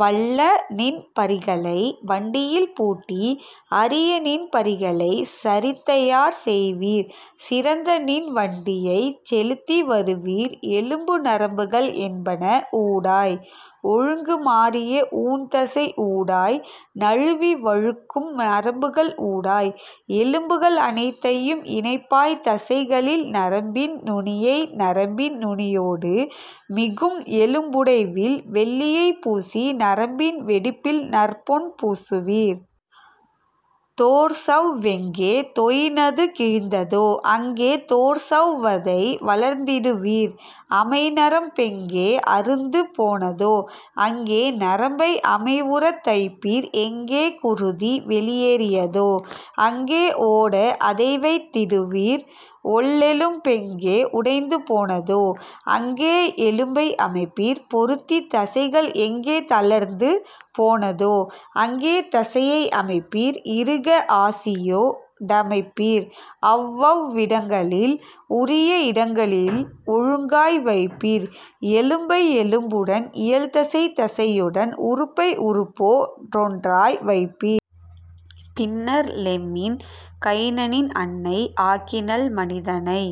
வல்லநின் பரிகளை வண்டியில் பூட்டி அரியநின் பரிகளை சரித்தயார் செய்வீர் சிறந்தநின் வண்டியைச் செலுத்தி வருவீர் எலும்பு நரம்புகள் என்பன ஊடாய் ஒழுங்கு மாறிய ஊன்தசை ஊடாய் நழுவி வழுக்கும் நரம்புகள் ஊடாய்; எலும்புகள் அனைத்தையும் இணைப்பாய் தசைகளில் நரம்பின் நுனியை நரம்பின் நுனியொடு மிகும்எலும் புடைவில் வெள்ளியைப் பூசி நரம்பின் வெடிப்பில் நற்பொன் பூசுவீர். தோற்சவ் வெங்கே தொய்நது கிழிந்ததோ அங்கே தோற்சவ் வதைவளர்த் திடுவீர் அமைநரம் பெங்கே அறுந்து போனதோ அங்கே நரம்பை அமைவுறத் தைப்பீர் எங்கே குருதி வெளியே றியதோ அங்கே ஓட அதைவைத் திடுவீர் ஒள்ளெலும் பெங்கே உடைந்து போனதோ அங்கே எலும்பை அமைப்பீர் பொருத்தி தசைகள் எங்கே தளர்ந்து போனதோ அங்கே தசையை அமைப்பீர் இறுக ஆசியோ டமைப்பீர் அவ்வவ் விடங்களில் உரிய இடங்களில் ஒழுங்காய் வைப்பீர் எலும்பை எலும்புடன் இயல்தசை தசையுடன் உறுப்பை உறுப்போ டொன்றாய் வைப்பீர். " பின்னர் லெம்மின் கைனனின் அன்னை ஆக்கினள் மனிதனை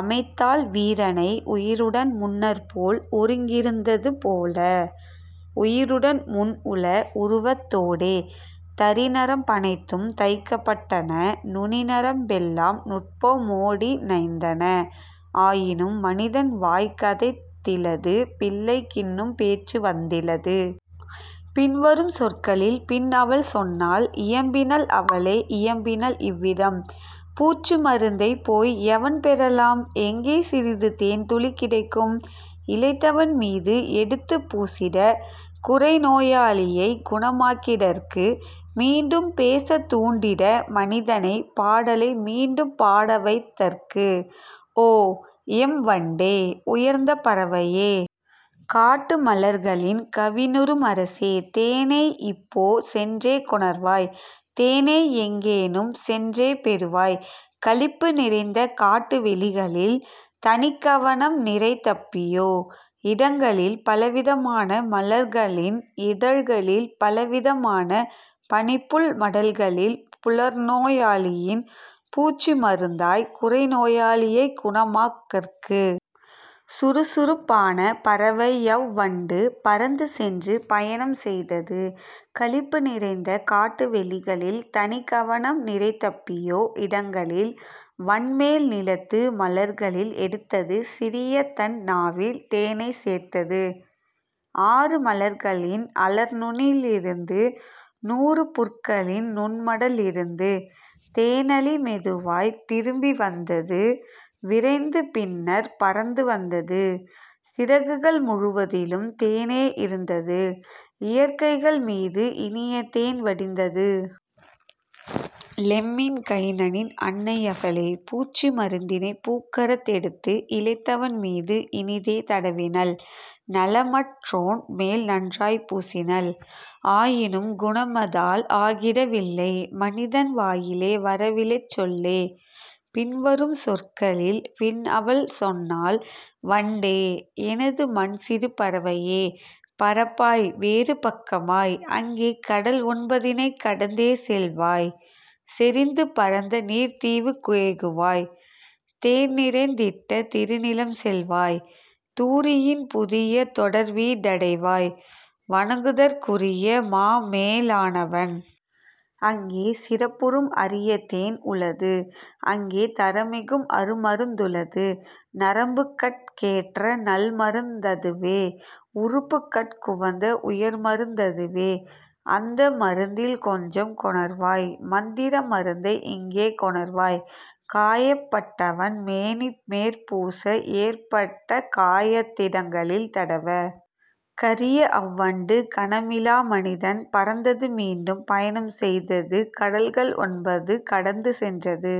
அமைத்தாள் வீரனை உயிருடன் முன்னர் ஒருங்கிருந் ததுபோல உயிருடன் முன்உள உருவத் தோடே. தரிநரம் பனைத்தும் தைக்கப் பட்டன நுனிநரம் பெல்லாம் நுட்பமோ டிணைந்தன ஆயினும் மனிதன் வாய்கதைத் திலது பிள்ளைக் கின்னும் பேச்சுவந் திலது. பின்வரும் சொற்களில் பின்அவள் சொன்னாள் இயம்பினள் அவளே இயம்பினள் இவ்விதம்: "பூச்சு மருந்தைப் போய்எவண் பெறலாம் எங்கே சிறிது தேன்துளி கிடைக்கும் இளைத்தவன் மீது எடுத்துப் பூசிட குறைநோ யாளியைக் குணமாக் கிடற்கு மீண்டும் பேசத் தூண்டிட மனிதனை பாடலை மீண்டும் பாடவைத் தற்கு? ஓ, எம் வண்டே, உயர்ந்த பறவையே! காட்டு மலர்களின் கவினுறும் அரசே! தேனை இப்போ சென்றே கொணர்வாய் தேனைஎங் கேனும் சென்றே பெறுவாய் களிப்பு நிறைந்த காட்டு வெளிகளில் தனிக்கவ னம்நிறை தப்பியோ இடங்களில் பலவிதமான மலர்களின் இதழ்களில் பலவித மான பனிப்புல் மடல்களில் புலர்நோ யாளியின் பூச்சு மருந்தாய் குறைநோ யாளியைக் குணமாக் கற்கு. " சுறுசுறுப் பான பறவையவ் வண்டு பறந்து சென்று பயணம் செய்தது களிப்பு நிறைந்த காட்டு வெளிகளில் தனிக்கவ னம்நிறை தப்பியோ இடங்களில் வன்மேல் நிலத்து மலர்களில் எடுத்தது சிறியதன் நாவில் தேனைச் சேர்த்தது ஆறு மலர்களின் அலர்நுனி யிருந்து நூறு புற்களின் நுண்மட லிருந்து; தேனளி மெதுவாய்த் திரும்பி வந்தது விரைந்து பின்னர் பறந்து வந்தது சிறகுகள் முழுதிலும் தேனே இருந்தது இறக்கைகள் மீது இனியதேன் வடிந்தது. லெம்மின் கைனனின் அன்னை அவளே பூச்சு மருந்தினைப் பூக்கரத் தெடுத்து இளைத்தவன் மீது இனிதே தடவினள் நலமற் றோன்மேல் நன்றாய்ப் பூசினள்; ஆயினும் குணமதால் ஆகிட வில்லை மனிதன் வாயிலே வரவிலைச் சொல்லே. பின்வரும் சொற்களில் பின்அவள் சொன்னாள்! "வண்டே, எனது மன்சிறு பறவையே! பறப்பாய் வேறு பக்கமாய் அங்கே கடல்ஒன் பதினைக் கடந்தே செல்வாய் செறிந்து பரந்தநீர்த் தீவுக் கேகுவாய் தேன்நிறைந் திட்ட திருநிலம் செல்வாய் தூரியின் புதிய தொடர்வீ டடைவாய் வணங்குதற் குரிய மாமே லோனவன். அங்கே சிறப்புறும் அரியதேன் உளது அங்கே தரமிகும் அருமருந் துளது நரம்புகட் கேற்ற நல்மருந் ததுவே உறுப்புகட் குவந்த உயர்மருந் ததுவே; அந்த மருந்தில் கொஞ்சம் கொணர்வாய் மந்திர மருந்தை இங்கே கொணர்வாய் காயப் பட்டவன் மேனிமேற் பூச ஏற்பட்ட காயத் திடங்களில் தடவ. " கரியஅவ் வண்டு கனமிலா மனிதன் பறந்தது மீண்டும் பயணம் செய்தது கடல்கள் ஒன்பது கடந்து சென்றது